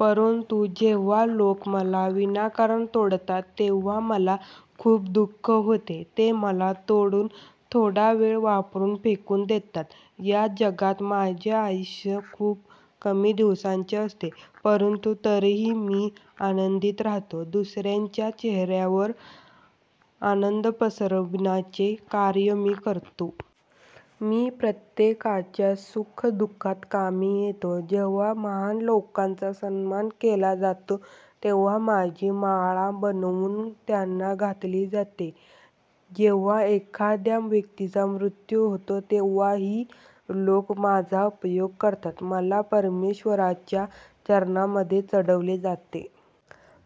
परंतु जेव्हा लोक मला विनाकारण तोडतात तेव्हा मला खूप दुःख होते ते मला तोडून थोडा वेळ वापरून फेकून देतात. या जगात माझे आयुष्य खूप कमी दिवसांचे असते, परंतु तरीही मी आनंदित राहतो. दुसऱ्यांच्या चेहर्यायावर आनंद पसरवण्याचे कार्य मी करतो. मी प्रत्येकाच्या सुख-दुःखात कामी येतो. जेव्हा महान लोकांचा सन्मान केला जातो तेव्हा माझी माळा बनवून त्यांना घातली जाते. जेव्हा एखाद्या व्यक्तीचा मृत्यू होतो तेव्हाही लोक माझा उपयोग करतात. मला परमेश्वराच्या चरणांमध्ये चढवले जाते.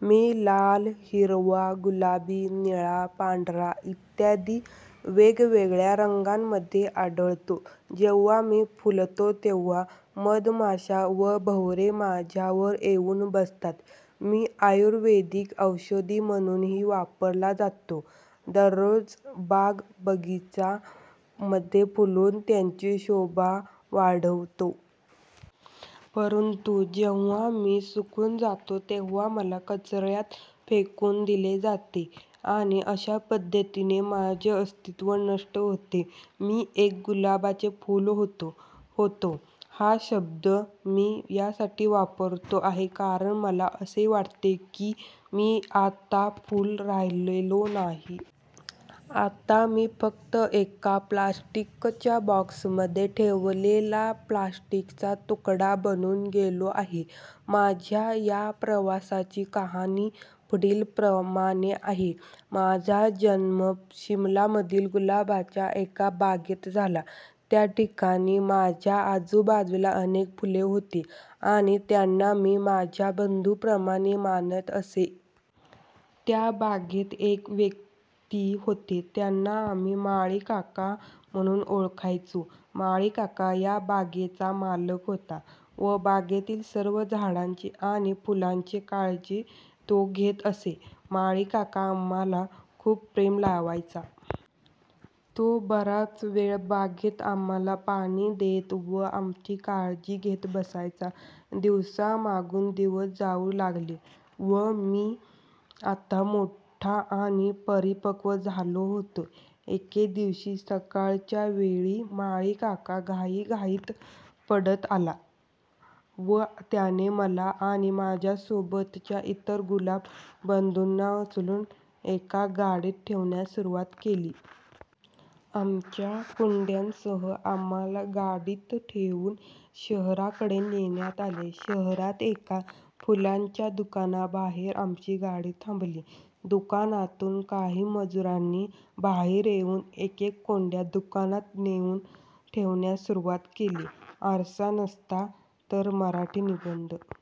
मी लाल, हिरवा, गुलाबी, निळा, पांढरा इत्यादी वेगवेगळ्या रंगांमध्ये आढळतो. जेव्हा मी फुलतो तेव्हा मधमाश्या व भवरे माझ्यावर येऊन बसतात. मी आयुर्वेदिक औषधी म्हणूनही वापरला जातो. दररोज बाग बगीचा मध्ये फुलून त्यांची शोभा वाढवतो. परंतु जेव्हा मी सुकून जातो तेव्हा मला कचर्यात फेकून दिले जाते आणि अशा पद्धतीने माझे अस्तित्व नष्ट होते. मी एक गुलाबाचे फुल होतो. "होतो" हा शब्द मी यासाठी वापरतो आहे कारण मला असे वाटते की मी आता फुल राहिलेलो नाही. आता मी फक्त एका प्लास्टिकच्या बॉक्समध्ये ठेवलेला प्लास्टिक चा तुकडा बनून गेलो आहे. माझ्या या प्रवासाची कहाणी पुढील प्रमाणे आहे. माझा जन्म शिमला मधील गुलाबाच्या एका बागेत झाला. त्या ठिकाणी माझ्या आजूबाजूला अनेक फुले होती आणि त्यांना मी माझ्या बंधू प्रमाणे मानत असे. त्या बागेत एक व्यक्ती होते त्यांना आम्ही माळी काका म्हणून ओळखायचो. माळी काका या बागेचा मालक होता. व बागेतील सर्व झाडांची आणि फुलांची काळजी तो घेत असे. माळी काका आम्हाला खूप प्रेम लावायचा. तो बराच वेळ बागेत आम्हाला पाणी देत व आमची काळजी घेत बसायचा. दिवसामागून दिवस जाऊ लागले. व मी आता मोठा आणि परिपक्व झालो होतो. एके दिवशी सकाळच्या वेळी माळी काका घाईघाईत पडत आला व त्याने मला आणि माझ्यासोबत च्या इतर गुलाब बंधूंना उचलून एका गाडीत ठेवण्यास सुरुवात केली. आमच्या कुंड्यांसह आम्हाला गाडीत ठेवून शहराकडे नेण्यात आले. शहरात एका फुलांच्या दुकानाबाहेर आमची गाडी थांबली. दुकानातून काही मजुरांनी बाहेर येऊन एक-एक कुंड्या दुकानात नेऊन ठेवण्यास सुरुवात केली. आरसा नसता तर मराठी निबंध <<वाचा येथे।